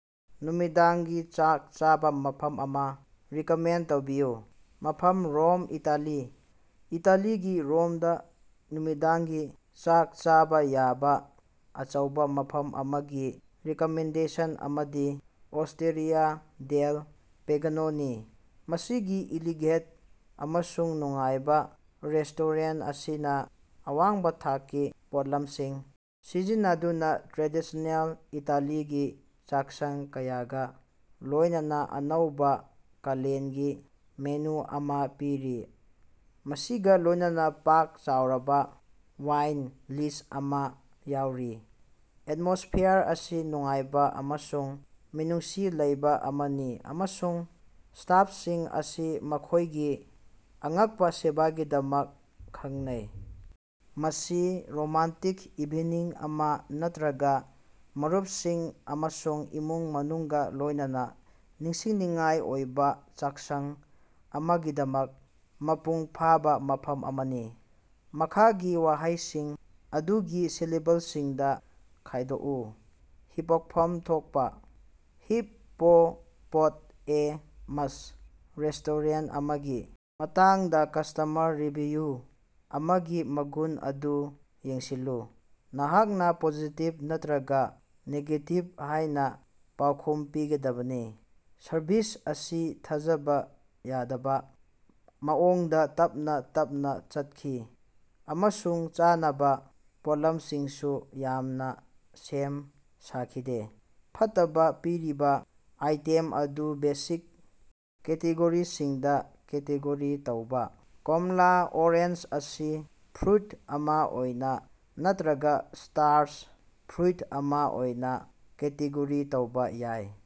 ꯅꯨꯃꯤꯗꯥꯡꯒꯤ ꯆꯥꯛ ꯆꯥꯕ ꯃꯐꯝ ꯑꯃ ꯔꯤꯀꯃꯦꯟꯗ ꯇꯧꯕꯤꯌꯨ꯫ ꯃꯐꯝ ꯔꯣꯝ ꯏꯇꯥꯂꯤ꯫ ꯏꯇꯥꯂꯤꯒꯤ ꯔꯣꯝꯗ ꯅꯨꯃꯤꯗꯥꯡꯒꯤ ꯆꯥꯛ ꯆꯥꯕ ꯌꯥꯕ ꯑꯆꯧꯕ ꯃꯐꯝ ꯑꯃꯒꯤ ꯔꯤꯀꯃꯦꯟꯗꯦꯁꯟ ꯑꯃꯗꯤ ꯑꯣꯁ꯭ꯇꯦꯔꯤꯌꯥ ꯗꯦꯜ ꯄꯦꯒꯅꯣꯅꯤ꯫ ꯃꯁꯤꯒꯤ ꯏꯂꯤꯒꯦꯟꯇ ꯑꯃꯁꯨꯡ ꯅꯨꯡꯉꯥꯏꯕ ꯔꯦꯁꯇꯣꯔꯦꯟ ꯑꯁꯤꯅ ꯑꯋꯥꯡꯕ ꯊꯥꯛꯀꯤ ꯄꯣꯠꯂꯝꯁꯤꯡ ꯁꯤꯖꯤꯟꯅꯗꯨꯅ ꯇ꯭ꯔꯦꯗꯤꯁꯅꯦꯜ ꯏꯇꯥꯂꯤꯒꯤ ꯆꯥꯛꯁꯪ ꯀꯌꯥꯒ ꯂꯣꯏꯅꯅ ꯑꯅꯧꯕ ꯀꯥꯂꯦꯟꯒꯤ ꯃꯦꯅꯨ ꯑꯃ ꯄꯤꯔꯤ ꯃꯁꯤꯒ ꯂꯣꯏꯅꯅ ꯄꯥꯛ ꯆꯥꯎꯔꯕ ꯋꯥꯏꯟ ꯂꯤꯁ ꯑꯃ ꯌꯥꯎꯔꯤ꯫ ꯑꯦꯠꯃꯣꯁꯐꯤꯌꯥꯔ ꯑꯁꯤ ꯅꯨꯡꯉꯥꯏꯕ ꯑꯃꯁꯨꯡ ꯃꯤꯅꯨꯡꯁꯤ ꯂꯩꯕ ꯑꯃꯅꯤ ꯑꯃꯁꯨꯡ ꯁꯇꯥꯞꯁꯤꯡ ꯑꯁꯤ ꯃꯈꯣꯏꯒꯤ ꯑꯉꯛꯄ ꯁꯦꯕꯥꯒꯤꯗꯃꯛ ꯈꯪꯅꯩ꯫ ꯃꯁꯤ ꯔꯣꯃꯥꯟꯇꯤꯛ ꯏꯚꯤꯅꯤꯡ ꯑꯃ ꯅꯠꯇ꯭ꯔꯒꯥ ꯃꯔꯨꯞꯁꯤꯡ ꯑꯃꯁꯨꯡ ꯏꯃꯨꯡ ꯃꯅꯨꯡꯒ ꯂꯣꯏꯅꯅ ꯅꯤꯡꯁꯤꯡꯅꯤꯡꯉꯥꯏ ꯑꯣꯏꯕ ꯆꯥꯛꯁꯪ ꯑꯃꯒꯤꯗꯃꯛ ꯃꯄꯨꯡ ꯐꯥꯕ ꯃꯐꯝ ꯑꯃꯅꯤ꯫ ꯃꯈꯥꯒꯤ ꯋꯥꯍꯩ ꯑꯁꯤ ꯃꯗꯨꯒꯤ ꯁꯤꯂꯦꯕꯜꯁꯤꯡꯗ ꯈꯥꯏꯗꯣꯛꯎ꯫ ꯍꯤꯄꯣꯛꯐꯝ ꯊꯣꯛꯄ꯫ ꯍꯤꯞ ꯄꯣ ꯄꯣꯠ ꯑꯦ ꯃꯁ꯫ ꯔꯦꯁꯇꯣꯔꯦꯟ ꯑꯃꯒꯤ ꯃꯇꯥꯡꯗ ꯀꯁꯇꯃꯔ ꯔꯤꯚꯤꯌꯨ ꯑꯃꯒꯤ ꯃꯒꯨꯟ ꯑꯗꯨ ꯌꯦꯡꯁꯤꯜꯂꯨ꯫ ꯅꯍꯥꯛꯅ ꯄꯣꯖꯤꯇꯤꯞ ꯅꯠꯇ꯭ꯔꯒꯥ ꯅꯦꯒꯦꯇꯤꯞ ꯍꯥꯏꯅ ꯄꯥꯎꯈꯨꯝ ꯄꯤꯒꯗꯕꯅꯤ꯫ ꯁꯔꯚꯤꯁ ꯑꯁꯤ ꯊꯥꯖꯕ ꯌꯥꯗꯕ ꯃꯑꯣꯡꯗ ꯇꯞꯅ ꯇꯞꯅ ꯆꯠꯈꯤ ꯑꯃꯁꯨꯡ ꯆꯥꯅꯕ ꯄꯣꯠꯂꯝꯁꯤꯡꯁꯨ ꯌꯥꯝꯅ ꯁꯦꯝ ꯁꯥꯈꯤꯗꯦ꯫ ꯐꯠꯇꯕ ꯄꯤꯔꯤꯕ ꯑꯥꯏꯇꯦꯝ ꯑꯗꯨ ꯕꯦꯁꯤꯛ ꯀꯦꯇꯦꯒꯣꯔꯤꯁꯤꯡꯗ ꯀꯦꯇꯦꯒꯣꯔꯤ ꯇꯧꯕ꯫ ꯀꯣꯝꯂꯥ ꯑꯣꯔꯦꯟꯖ ꯑꯁꯤ ꯐ꯭ꯔꯨꯠ ꯑꯃ ꯑꯣꯏꯅ ꯅꯠꯇ꯭ꯔꯒꯥ ꯁꯥꯏꯇꯔꯁ ꯐ꯭ꯔꯨꯠ ꯑꯃ ꯑꯣꯏꯅ ꯀꯦꯇꯦꯒꯣꯔꯤ ꯇꯧꯕ ꯌꯥꯏ꯫